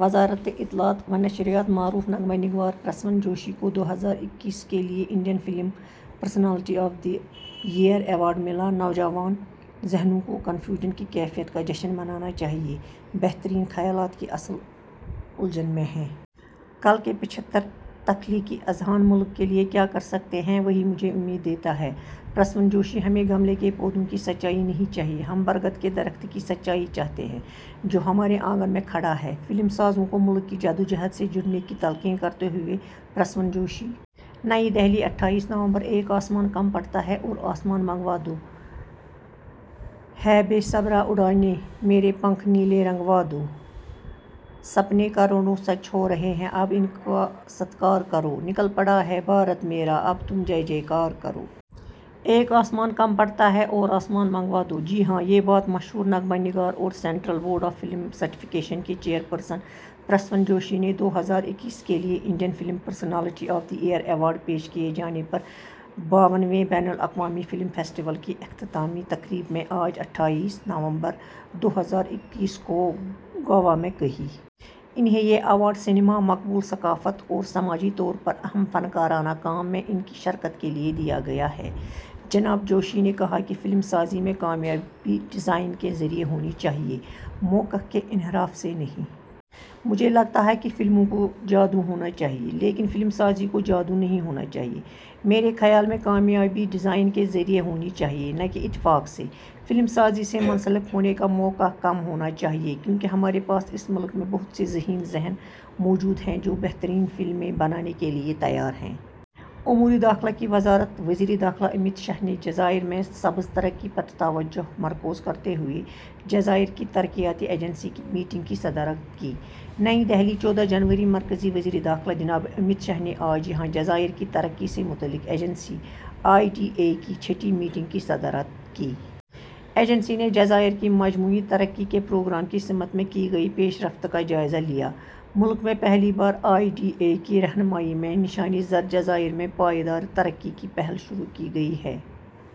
وزارت اطلاعات و نشریات معروف نغمہ نگار پرسون جوشی کو دو ہزار اکیس کے لیے Indian film personality of the year award ملا۔ ''نوجوان ذہنوں کو کنفیوژن کی کیفیت کا جشن منانا چاہیے، بہترین خیالات کی اصل الجھن میں ہے۔'' کل کے پچھتر تخلیقی اذہان ملک کے لیے کیا کر سکتے ہیں، وہی مجھے امید دیتا ہے: پرسون جوشی۔ ہمیں گملے کے پودوں کی سچائی نہیں چاہیے، ہم برگد کے درخت کی سچائی چاہتے ہیں جو ہمارے آنگن میں کھڑا ہے: فلم سازوں کو ملک کی جدوجہد سے جڑنے کی تلقین کرتے ہوئے پرسون جوشی۔ نئی دہلی، اٹھائیس نومبر: ''ایک آسمان کم پڑتا ہے، اور آسمان منگوا دو۔ ہے بے صبرا اُڑانے، میرے پنکھ نیلے رنگوا دو۔ سپنے کروڑوں سچ ہو رہے ہیں، اب ان کا ستکار کرو، نکل پڑا ہے بھارت میرا، اب تم جے جے کار کرو۔'' ''ایک آسمان کم پڑتا ہے اور آسمان منگوا دو۔'' جی ہاں، یہ بات مشہور نغمہ نگار اور central board of film certification کے چیئرپرسن پرسون جوشی نے دو ہزار اکیس کے لیے Indian film personality of the year award پیش کیے جانے پر باون ویں بین الاقوامی فلم فیسٹیول کی اختتامی تقریب میں آج اٹھائیس نومبر دو ہزار اکیس کو گوا میں کہی۔ انہیں یہ ایوارڈ سینما، مقبول ثقافت اور سماجی طور پر اہم فنکارانہ کام میں ان کی شرکت کے لیے دیا گیا ہے۔ جناب جوشی نے کہا کہ فلم سازی میں کامیابی ڈیزائن کے ذریعے ہونی چاہیے، موقع کے انحراف سے نہیں۔ ''مجھے لگتا ہے کہ فلموں کو جادو ہونا چاہیے، لیکن فلم سازی کو جادو نہیں ہونا چاہیے۔ میرے خیال میں کامیابی ڈیزائن کے ذریعے ہونی چاہیے نہ کہ اتفاق سے۔ فلم سازی سے منسلک ہونے کا موقع کم ہونا چاہیے، کیونکہ ہمارے پاس اس ملک میں بہت سے ذہین ذہن موجود ہیں جو بہترین فلمیں بنانے کے لیے تیار ہیں۔'' امورِ داخلہ کی وزارت وزیرِ داخلہ امت شاہ نے جزائر میں سبز ترقی پر توجہ مرکوز کرتے ہوئے جزائر کی ترقیاتی ایجنسی کی میٹنگ کی صدارت کی۔ نئی دہلی، چودہ جنوری: مرکزی وزیرِ داخلہ جناب امت شاہ نے آج یہاں جزائر کی ترقی سے متعلق ایجنسی، آئی ڈی اے، کی چھٹی میٹنگ کی صدارت کی۔ ایجنسی نے جزائر کی مجموعی ترقی کے پروگرام کی سمت میں کی گئی پیش رفت کا جائزہ لیا۔ ملک میں پہلی بار آئی ڈی اے کی رہنمائی میں نشان زد جزائر میں پائیدار ترقی کی پہل شروع کی گئی ہے۔